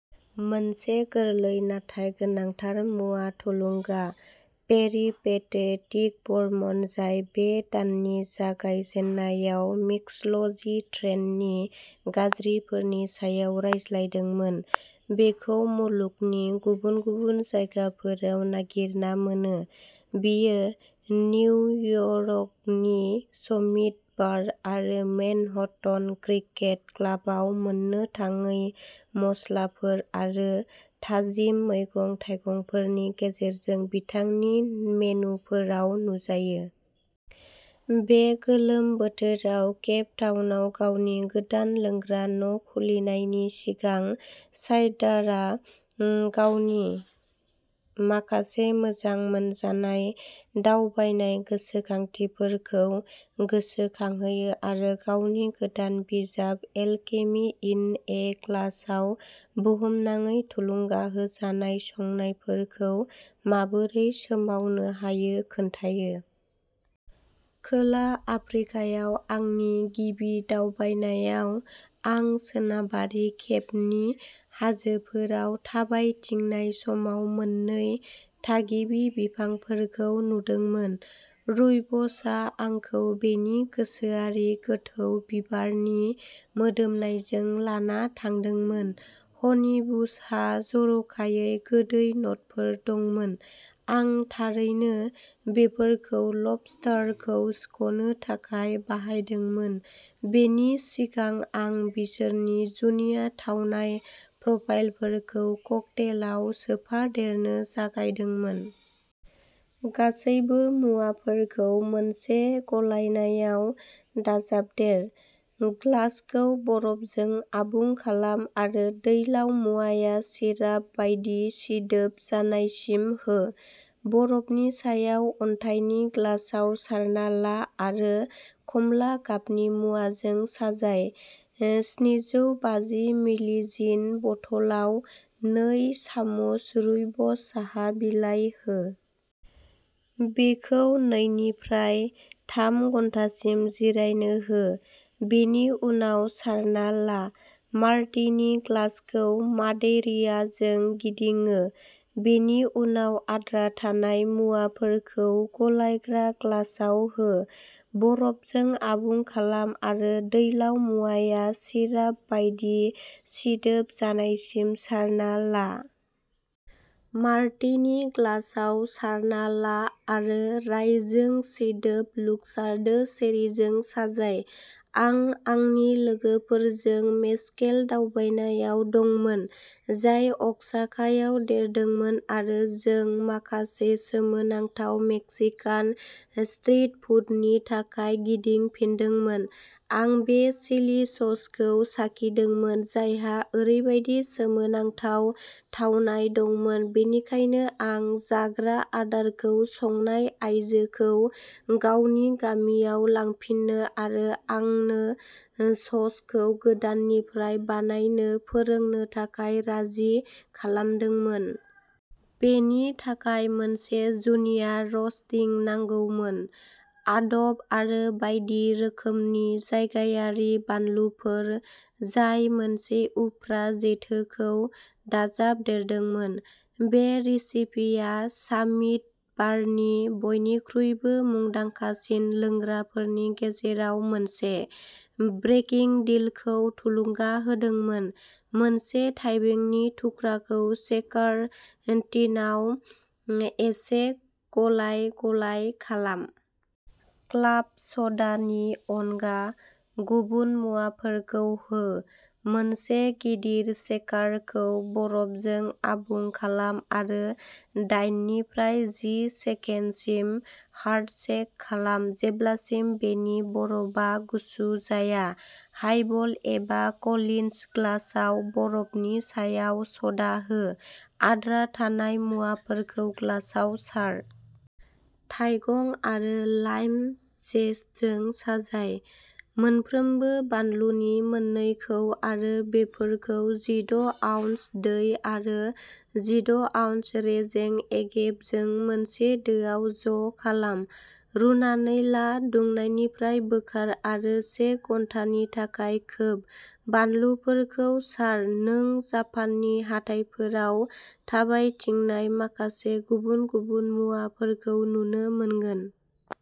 मोनसे गोरलै नाथाय गोनांथार मुवा थुलुंगा। पेरिपेटेटिक बर्मन जाय बे दाननि जागाय जेन्नायाव मिक्स'ल'जि ट्रेन्दनि गाज्रिफोरनि सायाव रायज्लायदोंमोन। बेखौ मुलुगनि गुबुन गुबुन जायगाफोराव नागिरना मोनो। बेयो निउयर्कनि समिट बार आरो मैनहट्टन क्रिकेट क्लाबआव मोननो थाङै मस्लाफोर आरो थाजिम मैगं-थाइगंफोरनि गेजेरजों बिथांनि मेनुफोराव नुजायो। बे गोलोम बोथोराव केप टाउनआव गावनि गोदान लोंग्रा न'खुलिनायनि सिगां, साइडारआ गावनि माखासे मोजां मोनजानाय दावबायनाय गोसोखांथिफोरखौ गोसोखांहोयो आरो गावनि गोदान बिजाब एलकेमि इन ए ग्लासआव बुहुमनाङै थुलुंगा होजानाय संनायफोरखौ माबोरै सोमावनो हायो खोन्थायो। खोला आफ्रिकायाव आंनि गिबि दावबायनायाव आं सोनाबारि केपनि हाजोफोराव थाबायथिंनाय समाव मोन्नै थागिबि बिफांफोरखौ नुदोंमोन। रुइबसआ आंखौ बेनि गोसोआरि गोथौ बिबारनि मोदोमनायजों लाना थांदोंमोन हनिबुसहा जर'खायै गोदै न'टफोर दंमोन। आं थारैनो बेफोरखौ लबस्टारखौ सिख'नो थाखाय बाहायदोंमोन, बेनि सिगां आं बिसोरनि जुनिया थावनाय प्रफाइलफोरखौ ककटेलआव सोफादेरनो जागायदोंमोन। गासैबो मुवाफोरखौ मोनसे गलायनायाव दाजाबदेर। ग्लासखौ बरफजों आबुं खालाम आरो दैलाव मुवाया सिराप बायदि सिदोब जानायसिम हो। बरफनि सायाव अन्थाइनि ग्लासआव सारना ला आरो खमला गाबनि मुवाजों साजाय। स्निजौबाजि मिलि जिन बथलआव नै सामुस रुइबस साहा बिलाइ हो। बेखौ नैनिफ्राय थाम घन्टासिम जिरायनो हो, बेनि उनाव सारना ला। मार्टिनि ग्लासखौ मादेइरियाजों गिदिङो, बेनि उनाव आद्रा थानाय मुवाफोरखौ गलायग्रा ग्लासाव हो। बरफजों आबुं खालाम आरो दैलाव मुवाया सिराप बायदि सिदोब जानायसिम सारना ला। मार्टिनि ग्लासआव सारना ला आरो राइजों सिदोब लुक्सार्डो चेरीजों साजाय। आं आंनि लोगोफोरजों मेजकेल दावबायनायाव दंमोन, जाय अ'क्साकायाव देरदोंमोन आरो जों माखासे सोमोनांथाव मेक्सिकान स्ट्रिट फुडनि थाखाय गिदिंफिनदोंमोन। आं बे चिलि ससखौ साखिदोंमोन, जायहा ओरैबायदि सोमोनांथाव थावनाय दंमोन, बेनिखायनो आं जाग्रा आदारखौ संनाय आयजोखौ गावनि गामियाव लांफिननो आरो आंनो स'सखौ गोदाननिफ्राय बानायनो फोरोंनो थाखाय राजि खालामदोंमोन। बेनि थाखाय मोनसे जुनिया रस्टिं नांगौमोन। आदब आरो बायदि रोखोमनि जायगायारि बानलुफोर, जाय मोनसे उफ्रा जेथोखौ दाजाबदेरदोंमोन। बे रेसिपिया सामिट बारनि बयनिख्रुइबो मुंदांखासिन लोंग्राफोरनि गेजेराव मोनसे, ब्रेकिं दिलखौ थुलुंगा होदोंमोन। मोनसे थाइबेंनि थुख्राखौ शेकार टिनआव एसे गलाय-गलाय खालाम। क्लाब स'डानि अनगा गुबुन मुवाफोरखौ हो। मोनसे गिदिर शेकारखौ बरफजों आबुं खालाम आरो दाइननिफ्राय जि सेकेन्डसिम हार्ड शेक खालाम जेब्लासिम बेनि बरफआ गुसु जाया। हाइबल एबा कलिन्स ग्लासआव बरफनि सायाव स'डा हो। आद्रा थानाय मुवाफोरखौ ग्लासआव सार। थाइगं आरो लाइम जेस्टजों साजाय। मोनफ्रोमबो बानलुनि मोननैखौ आरो बेफोरखौ जिद ' आउन्स दै आरो जिद' आउन्स रेजें एगेभजों मोनसे दोआव ज' खालाम। रुनानै ला, दुंनायनिफ्राय बोखार आरो से घन्टानि थाखाय खोब। बानलुफोरखौ सार। नों जापाननि हाथाइफोराव थाबायथिंनाय माखासे गुबुन-गुबुन मुवाफोरखौ नुनो मोनगोन।